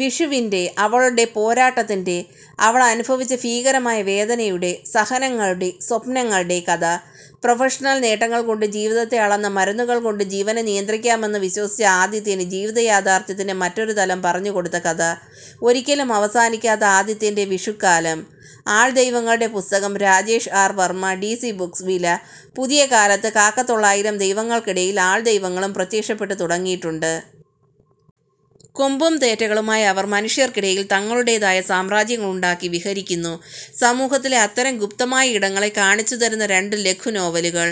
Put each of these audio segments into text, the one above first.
വിഷുവിന്റെ... അവളുടെ പോരാട്ടത്തിന്റെ... അവളനുഭവിച്ച ഭീകരമായ വേദനയുടെ... സഹനങ്ങളുടെ... സ്വപ്നങ്ങളുടെ കഥ. പ്രൊഫണൽ നേട്ടങ്ങൾകൊണ്ട് ജീവിതത്തെ അളന്ന, മരുന്നുകൾകൊണ്ട് ജീവനെ നിയന്ത്രിക്കാമെന്ന് വിശ്വസിച്ച ആദിത്യന് ജീവിതയാഥാർഥ്യത്തിന്റെ മറ്റൊരുതലം പറഞ്ഞുകൊടുത്ത കഥ. ഒരിക്കലും അവസാനിക്കാത്ത ആദിത്യന്റെ 'വിഷു'ക്കാലം. ആൾ ദൈവങ്ങളുടെ പുസ്തകം Rajesh R. Varma D C books വില: പുതിയ കാലത്ത് കാക്കത്തൊള്ളായിരം ദൈവങ്ങൾക്കിടയിൽ ആൾദൈവങ്ങളും പ്രത്യക്ഷപ്പെട്ടു തുടങ്ങിയിട്ടുണ്ട്. കൊമ്പും തേറ്റകളുമായി അവർ മനുഷ്യർക്കിടയിൽ തങ്ങളുടേതായ സാമ്രാജ്യങ്ങളുണ്ടാക്കി വിഹരിക്കുന്നു. സമൂഹത്തിലെ അത്തരം ഗുപ്തമായ ഇടങ്ങളെ കാണിച്ചുതരുന്ന രണ്ടു ലഘുനോവലുകൾ.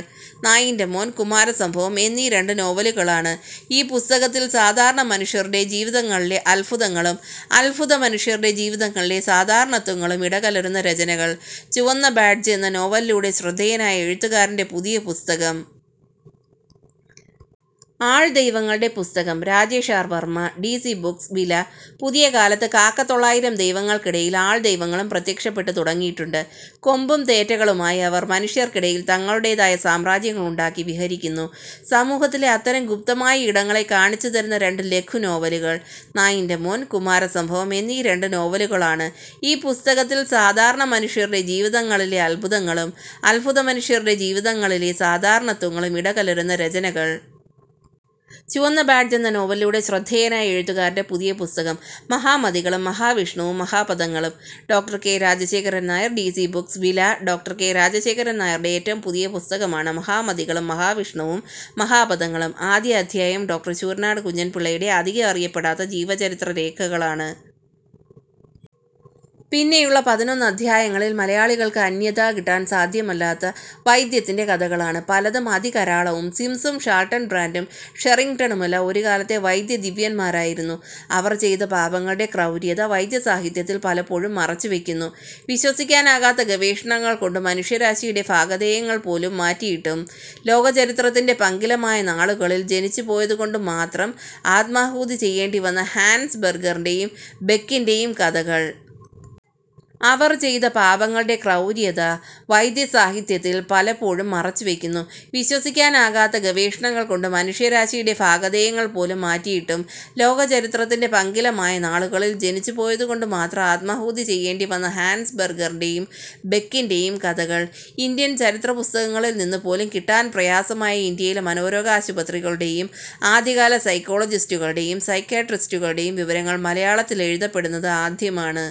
നായിന്റെ മോൻ, കുമാരസംഭവം എന്നീ രണ്ടു നോവലുകളാണ് ഈ പുസ്തകത്തിൽ സാധാരണ മനുഷ്യരുടെ ജീവിതങ്ങളിലെ അദ്ഭുതങ്ങളും അദ്ഭുതമനുഷ്യരുടെ ജീവിതങ്ങളിലെ സാധാരണത്വങ്ങളും ഇടകലരുന്ന രചനകൾ. ചുവന്ന ബാഡ്ജ് എന്ന നോവലിലൂടെ ശ്രദ്ധേയനായ എഴുത്തുകാരന്റെ പുതിയ പുസ്തകം. ആൾ ദൈവങ്ങളുടെ പുസ്തകം Rajesh R. Varma D C books വില: പുതിയ കാലത്ത് കാക്കത്തൊള്ളായിരം ദൈവങ്ങൾക്കിടയിൽ ആൾദൈവങ്ങളും പ്രത്യക്ഷപ്പെട്ടു തുടങ്ങിയിട്ടുണ്ട്. കൊമ്പും തേറ്റകളുമായി അവർ മനുഷ്യർക്കിടയിൽ തങ്ങളുടേതായ സാമ്രാജ്യങ്ങളുണ്ടാക്കി വിഹരിക്കുന്നു. സമൂഹത്തിലെ അത്തരം ഗുപ്തമായ ഇടങ്ങളെ കാണിച്ചുതരുന്ന രണ്ടു ലഘുനോവലുകൾ. നായിന്റെ മോൻ, കുമാരസംഭവം എന്നീ രണ്ടു നോവലുകളാണ് ഈ പുസ്തകത്തിൽ സാധാരണ മനുഷ്യരുടെ ജീവിതങ്ങളിലെ അദ്ഭുതങ്ങളും അദ്ഭുതമനുഷ്യരുടെ ജീവിതങ്ങളിലെ സാധാരണത്വങ്ങളും ഇടകലരുന്ന രചനകൾ. ചുവന്ന ബാഡ്ജ് എന്ന നോവലിലൂടെ ശ്രദ്ധേയനായ എഴുത്തുകാരന്റെ പുതിയ പുസ്തകം. മഹാമതികളും മഹാവിഷ്ണുവും മഹാപഥങ്ങളും ഡോ. K. Rajasekharan Nair D C books വില: ഡോ. കെ. രാജശേഖരൻ നായരുടെ ഏറ്റവും പുതിയ പുസ്തകമാണ് 'മഹാമതികളും മഹാവിഷ്ണുവും മഹാപഥങ്ങളും'. ആദ്യത്തെ അധ്യായം ഡോ. ശൂരനാട്ടു കുഞ്ഞൻപിള്ളയുടെ അധികം അറിയപ്പെടാത്ത ജീവചരിത്രരേഖകളാണ്. പിന്നെയുള്ള പതിനൊന്ന് അധ്യായങ്ങളിൽ മലയാളികൾക്ക് അന്യഥാ കിട്ടാൻ സാധ്യമല്ലാത്ത വൈദ്യത്തിന്റെ കഥകളാണ്. പലതും അതികരാളവും. സിംസും ഷാൽട്ടൻബ്രാൻഡും ഷെറിങ്ടണുമെല്ലാം ഒരുകാലത്തെ വൈദ്യദിവ്യന്മാരായിരുന്നു. അവർ ചെയ്ത പാപങ്ങളുടെ ക്രൗര്യത വൈദ്യസാഹിത്യത്തിൽ പലപ്പോഴും മറച്ചുവെക്കുന്നു. വിശ്വസിക്കാനാകാത്ത ഗവേഷണങ്ങൾകൊണ്ട് മനുഷ്യരാശിയുടെ ഭാഗധേയങ്ങൾപോലും മാറ്റിയിട്ടും ലോകചരിത്രത്തിന്റെ പങ്കിലമായ നാളുകളിൽ ജനിച്ചുപോയതുകൊണ്ടുമാത്രം ആത്മാഹുതി ചെയ്യേണ്ടിവന്ന ഹാൻസ് ബെർഗറിന്റെയും ബെക്കിന്റെയും കഥകൾ. അവർ ചെയ്ത പാപങ്ങളുടെ ക്രൗര്യത വൈദ്യസാഹിത്യത്തിൽ പലപ്പോഴും മറച്ചുവെക്കുന്നു. വിശ്വസിക്കാനാകാത്ത ഗവേഷണങ്ങൾകൊണ്ട് മനുഷ്യരാശിയുടെ ഭാഗധേയങ്ങൾപോലും മാറ്റിയിട്ടും ലോകചരിത്രത്തിന്റെ പങ്കിലമായ നാളുകളിൽ ജനിച്ചുപോയതുകൊണ്ടുമാത്രം ആത്മാഹുതി ചെയ്യേണ്ടിവന്ന ഹാൻസ് ബെർഗറിന്റെയും ബെക്കിന്റെയും കഥകൾ. ഇന്ത്യൻ ചരിത്രപുസ്തകങ്ങളിൽ നിന്നു പോലും കിട്ടാൻ പ്രയാസമായ ഇന്ത്യയിലെ മനോരോഗാശുപത്രികളുടെയും ആദ്യകാല സൈക്കോളജിസ്റ്റുകളുടെയും സൈക്യാട്രിസ്റ്റുകളുടെയും വിവരങ്ങൾ മലയാളത്തിൽ എഴുതപ്പെടുന്നത് ആദ്യമാണ്.